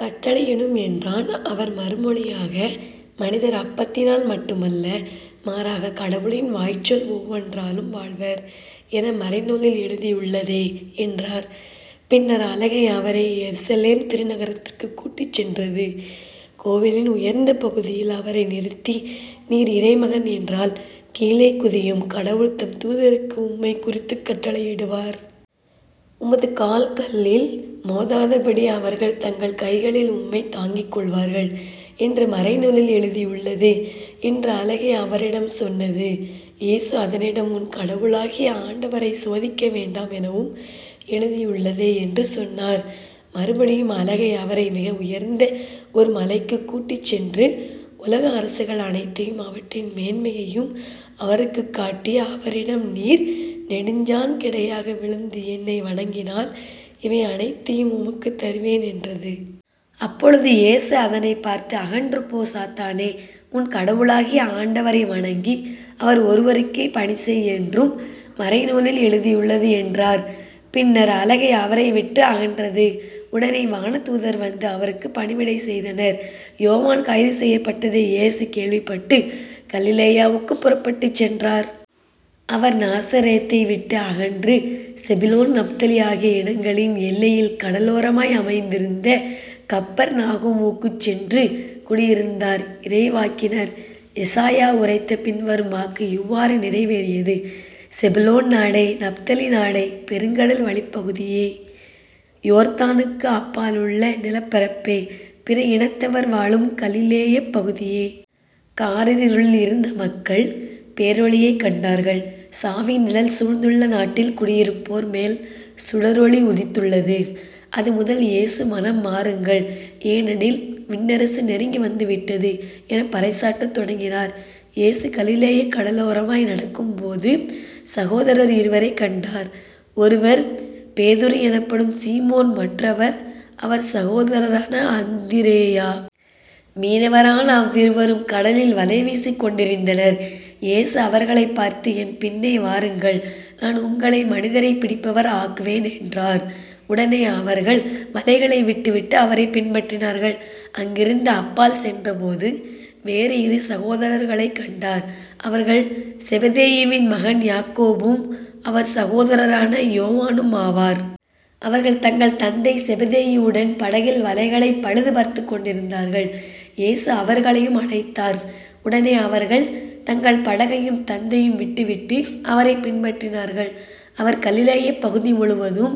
கட்டளையிடும் என்றான். அவர் மறுமொழியாக மனிதர் அப்பத்தினால் மட்டுமல்ல மாறாக கடவுளின் வாய்ச்சொல் ஒவ்வொன்றாலும் வாழ்வர் என மறைநூலில் எழுதியுள்ளதே என்றார். பின்னர் அலகை அவரை எருசலேம் திருநகரத்திற்குக் கூட்டிச் சென்றது. கோவிலின் உயர்ந்த பகுதியில் அவரை நிறுத்தி நீர் இறைமகன் என்றால் கீழே குதியும் கடவுள் தம் தூதருக்கு உம்மைக் குறித்துக் கட்டளையிடுவார். உமது கால் கல்லில் மோதாதபடி அவர்கள் தங்கள் கைகளில் உம்மைத் தாங்கிக் கொள்வார்கள் என்று மறைநூலில் எழுதியுள்ளது என்று அலகை அவரிடம் சொன்னது. இயேசு அதனிடம் உன் கடவுளாகிய ஆண்டவரைச் சோதிக்க வேண்டாம் எனவும் எழுதியுள்ளதே என்று சொன்னார். மறுபடியும் அலகை அவரை மிக உயர்ந்த ஒரு மலைக்குக் கூட்டிச் சென்று உலக அரசுகள் அனைத்தையும் அவற்றின் மேன்மையையும் அவருக்குக் காட்டி, அவரிடம் நீர் நெடுஞ்சாண் கிடையாக விழுந்து என்னை வணங்கினால் இவை அனைத்தையும் உமக்குத் தருவேன் என்றது. அப்பொழுது இயேசு அதனைப் பார்த்து அகன்று போ. சாத்தானே உன் கடவுளாகிய ஆண்டவரை வணங்கி அவர் ஒருவருக்கே பணி செய் என்றும் மறைநூலில் எழுதியுள்ளது என்றார். பின்னர் அலகை அவரை விட்டு அகன்றது. உடனே வானதூதர் வந்து அவருக்குப் பணிவிடை செய்தனர். யோவான் கைது செய்யப்பட்டதை இயேசு கேள்விப்பட்டுக் கலிலேயாவுக்குப் புறப்பட்டுச் சென்றார். அவர் நாசரேத்தைவிட்டு அகன்று செபுலோன் நப்தலி ஆகிய இடங்களின் எல்லையில் கடலோரமாய் அமைந்திருந்த கப்பர்நாகூமுக்குச் சென்று குடியிருந்தார். இறைவாக்கினர் எசாயா உரைத்த பின்வரும் வாக்கு இவ்வாறு நிறைவேறியது. செபுலோன் நாடே. நப்தலி நாடே. பெருங்கடல் வழிப் பகுதியே. யோர்தானுக்கு அப்பாலுள்ள நிலப்பரப்பே. பிற இனத்தவர் வாழும் கலிலேயப் பகுதியே. காரிருளில் இருந்த மக்கள் பேரொளியைக் கண்டார்கள். சாவின் நிழல் சூழ்ந்துள்ள நாட்டில் குடியிருப்போர் மேல் சுடரொளி உதித்துள்ளது. அதுமுதல் இயேசு மனம் மாறுங்கள் ஏனெனில் விண்ணரசு நெருங்கி வந்துவிட்டது எனப் பறைசாற்றத் தொடங்கினார். இயேசு கலிலேயக் கடலோரமாய் நடக்கும்போது சகோதரர் இருவரைக் கண்டார். ஒருவர் பேதுரு எனப்படும் சீமோன் மற்றவர் அவர் சகோதரரான அந்திரேயா. மீனவரான அவ்விருவரும் கடலில் வலைவீசிக் கொண்டிருந்தனர். இயேசு அவர்களைப் பார்த்து என் பின்னே வாருங்கள். நான் உங்களை மனிதரைப் பிடிப்பவர் ஆக்குவேன் என்றார். உடனே அவர்கள் வலைகளை விட்டுவிட்டு அவரைப் பின்பற்றினார்கள். அங்கிருந்து அப்பால் சென்றபோது வேறு இரு சகோதரர்களைக் கண்டார். அவர்கள் செபதேயுவின் மகன் யாக்கோபும் அவர் சகோதரரான யோவானும் ஆவர். அவர்கள் தங்கள் தந்தை செபதேயுவுடன் படகில் வலைகளைப் பழுது பார்த்துக்கொண்டிருந்தார்கள். இயேசு அவர்களையும் அழைத்தார். உடனே அவர்கள் தங்கள் படகையும் தந்தையையும் விட்டு விட்டு அவரைப் பின்பற்றினார்கள். அவர் கலிலேயப் பகுதி முழுவதும்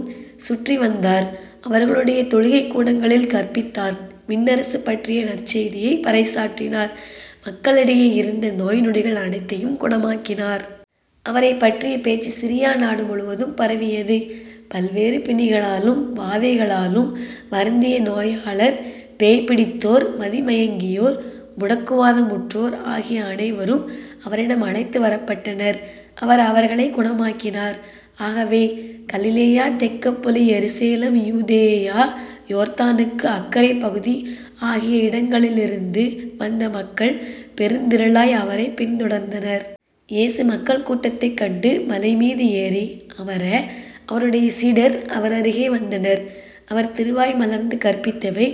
சுற்றி வந்தார். அவர்களுடைய தொழுகைக் கூடங்களில் கற்பித்தார் விண்ணரசு பற்றிய நற்செய்தியைப் பறைசாற்றினார் மக்களிடையே இருந்த நோய் நொடிகள் அனைத்தையும் குணமாக்கினார். அவரைப் பற்றிய பேச்சு சிரியா நாடு முழுவதும் பரவியது. பல்வேறு பிணிகளாலும் வாதைகளாலும் வருந்திய நோயாளர், பேய் பிடித்தோர் மதிமயங்கியோர் முடக்குவாதமுற்றோர் ஆகிய அனைவரும் அவரிடம் அழைத்து வரப்பட்டனர். அவர் அவர்களைக் குணமாக்கினார். ஆகவே கலிலேயா தெக்கப்பொலி எருசலேம் யூதேயா. யோர்தானுக்கு அக்கரைப் பகுதி ஆகிய இடங்களிலிருந்து வந்த மக்கள் பெருந்திரளாய் அவரைப் பின்தொடர்ந்தனர். இயேசு மக்கள் கூட்டத்தைக் கண்டு மலைமீது ஏறி, அமர, அவருடைய சீடர் அவரருகே வந்தனர். அவர் திருவாய் மலர்ந்து கற்பித்தவை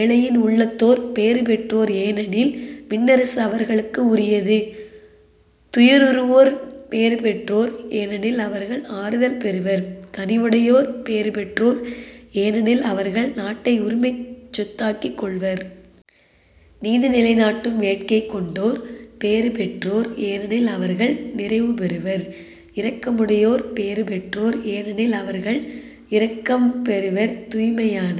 ஏழையின் உள்ளத்தோர் பேறுபெற்றோர் ஏனெனில் விண்ணரசு அவர்களுக்கு உரியது. துயருறுவோர் பேறுபெற்றோர். ஏனெனில் அவர்கள் ஆறுதல் பெறுவர். கனிவுடையோர் பேறுபெற்றோர். ஏனெனில் அவர்கள் நாட்டை உரிமைச் சொத்தாக்கிக் கொள்வர். நீதிநிலைநாட்டும் வேட்கை கொண்டோர் பேறுபெற்றோர். ஏனெனில் அவர்கள் நிறைவுபெறுவர். இரக்கமுடையோர் பேறுபெற்றோர். ஏனெனில் அவர்கள் இரக்கம் பெறுவர். தூய்மையான